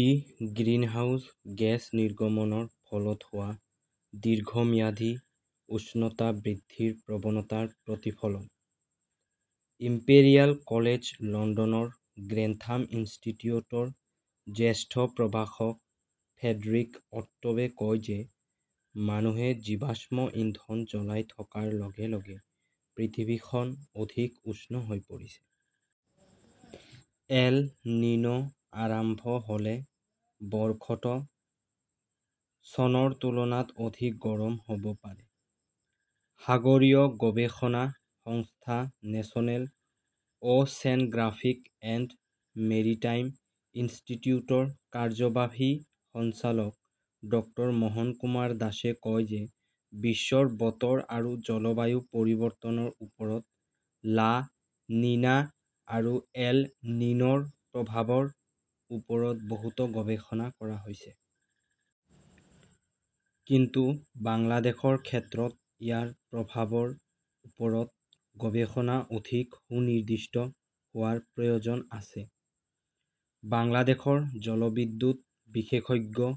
ই greenhouse gas নিৰ্গমনৰ ফলত হোৱা দীৰ্ঘম্যাদী উষ্ণতা বৃদ্ধিৰ প্ৰৱণতাৰ প্ৰতিফলন। ইম্পেৰিয়েল কলেজ লণ্ডনৰ গ্ৰেন্থাম ইনষ্টিটিউটৰ জ্যেষ্ঠ প্ৰভাষক ফ্ৰেডেৰিক অট্টোৱে কয় যে মানুহে জীৱাশ্ম ইন্ধন জ্বলাই থকাৰ লগে লগে পৃথিৱীখন অধিক উষ্ণ হৈ পৰিছে। এল নিনো আৰম্ভ হ "লে বৰ্ষটো চনৰ তুলনাত অধিক গৰম হ" ব পাৰে। সাগৰীয় গৱেষণা সংস্থা National "Oceanographic and Maritime ইনষ্টিটিউটৰ কাৰ্যবাহী সঞ্চালক ডাঃ মোহন কুমাৰ দাসে কয় যে বিশ্বৰ বতৰ আৰু জলবায়ু পৰিৱৰ্তনৰ ওপৰত লা নিনা আৰু এল নিনোৰ প্ৰভাৱৰ ওপৰত বহুতো গৱেষণা কৰা হৈছে। কিন্তু বাংলাদেশৰ ক্ষেত্ৰত ইয়াৰ প্ৰভাৱৰ ওপৰত গৱেষণা অধিক সুনিৰ্দিষ্ট হোৱাৰ প্ৰয়োজন আছে। বাংলাদেশৰ জলবিদ্যুৎ বিশেষজ্ঞ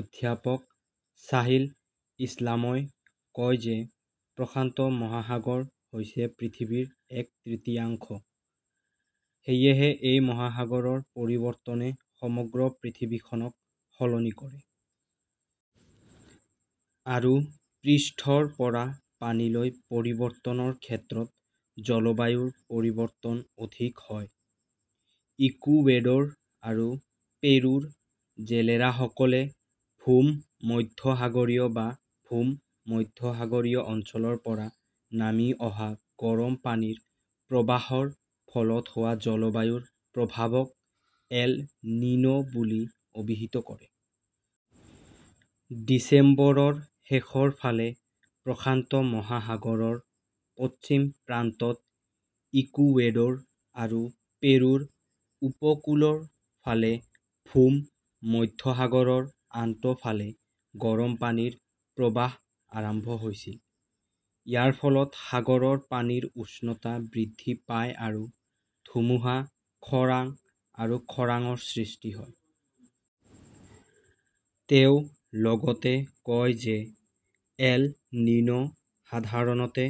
অধ্যাপক ছাহিল ইছলামই কয় যে প্ৰশান্ত মহাসাগৰ হৈছে পৃথিৱীৰ এক তৃতীয়াংশ। সেয়েহে এই মহাসাগৰৰ পৰিৱৰ্তনে সমগ্ৰ পৃথিৱীখনক সলনি কৰে। আৰু পৃষ্ঠৰ পৰা পানীলৈ পৰিৱৰ্তনৰ ক্ষেত্ৰত জলবায়ুৰ পৰিৱৰ্তন অধিক হয়। ইকুৱেডৰ আৰু পেৰুৰ জেলেৰাসকলে ভূমধ্যসাগৰীয় বা ভূমধ্যসাগৰীয় অঞ্চলৰ পৰা নামি অহা গৰম পানীৰ প্ৰবাহৰ ফলত হোৱা জলবায়ুৰ প্ৰভাৱক 'এল নিনো' বুলি অভিহিত কৰে। ডিচেম্বৰৰ শেষৰ ফালে প্ৰশান্ত মহাসাগৰৰ পশ্চিম প্ৰান্তত ইকুৱেডৰ আৰু পেৰুৰ উপকূলৰ ফালে ভূমধ্যসাগৰৰ আনটো ফালে গৰম পানীৰ প্ৰৱাহ আৰম্ভ হৈছিল। ইয়াৰ ফলত সাগৰৰ পানীৰ উষ্ণতা বৃদ্ধি পায় আৰু ধুমুহা, খৰাং আৰু খৰাংৰ সৃষ্টি হয়। তেওঁ লগতে কয় যে এল নিনো সাধাৰণতে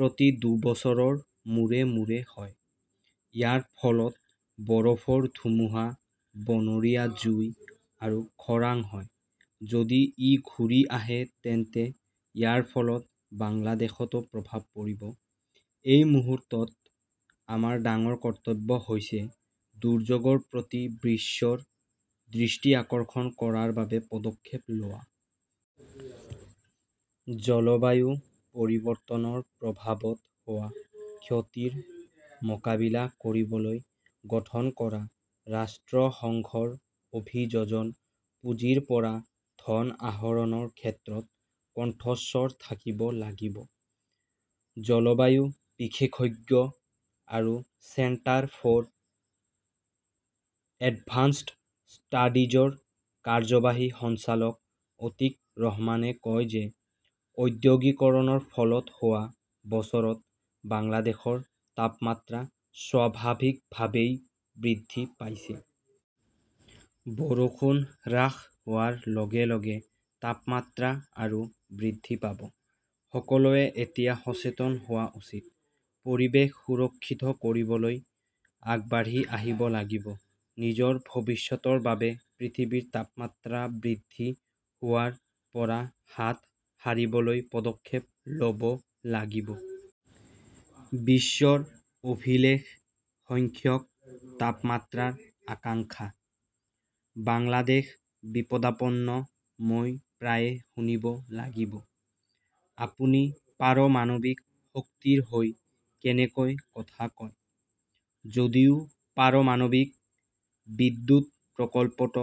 প্ৰতি দুবছৰৰ মূৰে মূৰে হয়। ইয়াৰ ফলত বৰফৰ ধুমুহা, বনৰীয়া জুই আৰু খৰাং হয়। যদি ই ঘূৰি আহে তেন্তে ইয়াৰ ফলত বাংলাদেশতো প্ৰভাৱ পৰিব। এই মুহূৰ্তত আমাৰ ডাঙৰ কৰ্তব্য হৈছে দুৰ্যোগৰ প্ৰতি বিশ্বৰ দৃষ্টি আকৰ্ষণ কৰাৰ বাবে পদক্ষেপ লোৱা। জলবায়ু পৰিৱৰ্তনৰ প্ৰভাৱত হোৱা ক্ষতিৰ মোকাবিলা কৰিবলৈ গঠন কৰা ৰাষ্ট্ৰসংঘৰ অভিযোজন পুঁজিৰ পৰা ধন আহৰণৰ ক্ষেত্ৰত কণ্ঠস্বৰ থাকিব লাগিব। জলবায়ু বিশেষজ্ঞ আৰু চেণ্টাৰ ফৰ এডভান্সড ষ্টাডিজৰ কাৰ্যবাহী সঞ্চালক অতীক ৰহমানে কয় যে ঔদ্যোগিকৰণৰ ফলত যোৱা বছৰত বাংলাদেশৰ তাপমাত্ৰা স্বাভাৱিকভাৱেই বৃদ্ধি পাইছে। বৰষুণ হ্ৰাস হোৱাৰ লগে লগে তাপমাত্ৰা আৰু বৃদ্ধি পাব। সকলোৱে এতিয়া সচেতন হোৱা উচিত। পৰিৱেশ সুৰক্ষিত কৰিবলৈ আগবাঢ়ি আহিব লাগিব। নিজৰ ভৱিষ্যতৰ বাবে পৃথিৱীৰ তাপমাত্ৰা বৃদ্ধি হোৱাৰ পৰা হাত সাৰিবলৈ পদক্ষেপ ল "ব লাগিব। বিশ্বৰ অভিলেখ সংখ্যক তাপমাত্ৰাৰ আশংকা, বাংলাদেশ বিপদাপন্ন মই প্ৰায়ে শুনিব লাগিব, "আপুনি পাৰমাণৱিক শক্তিৰ হৈ কেনেকৈ কথা কয়? যদিও পাৰমাণৱিক বিদ্যুৎ প্ৰকল্পটো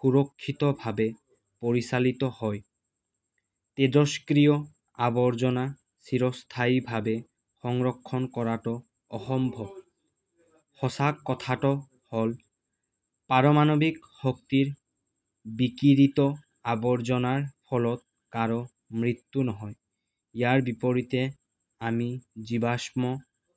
সুৰক্ষিতভাৱে পৰিচালিত হয়, তেজস্ক্ৰিয় আৱৰ্জনা চিৰস্থায়ীভাৱে সংৰক্ষণ কৰাটো অসম্ভৱ। "সঁচা কথাটো হ" ল, পাৰমাণৱিক শক্তিৰ বিকিৰিত আৱৰ্জনাৰ ফলত কাৰো মৃত্যু নহয়। ইয়াৰ বিপৰীতে আমি জীৱাশ্ম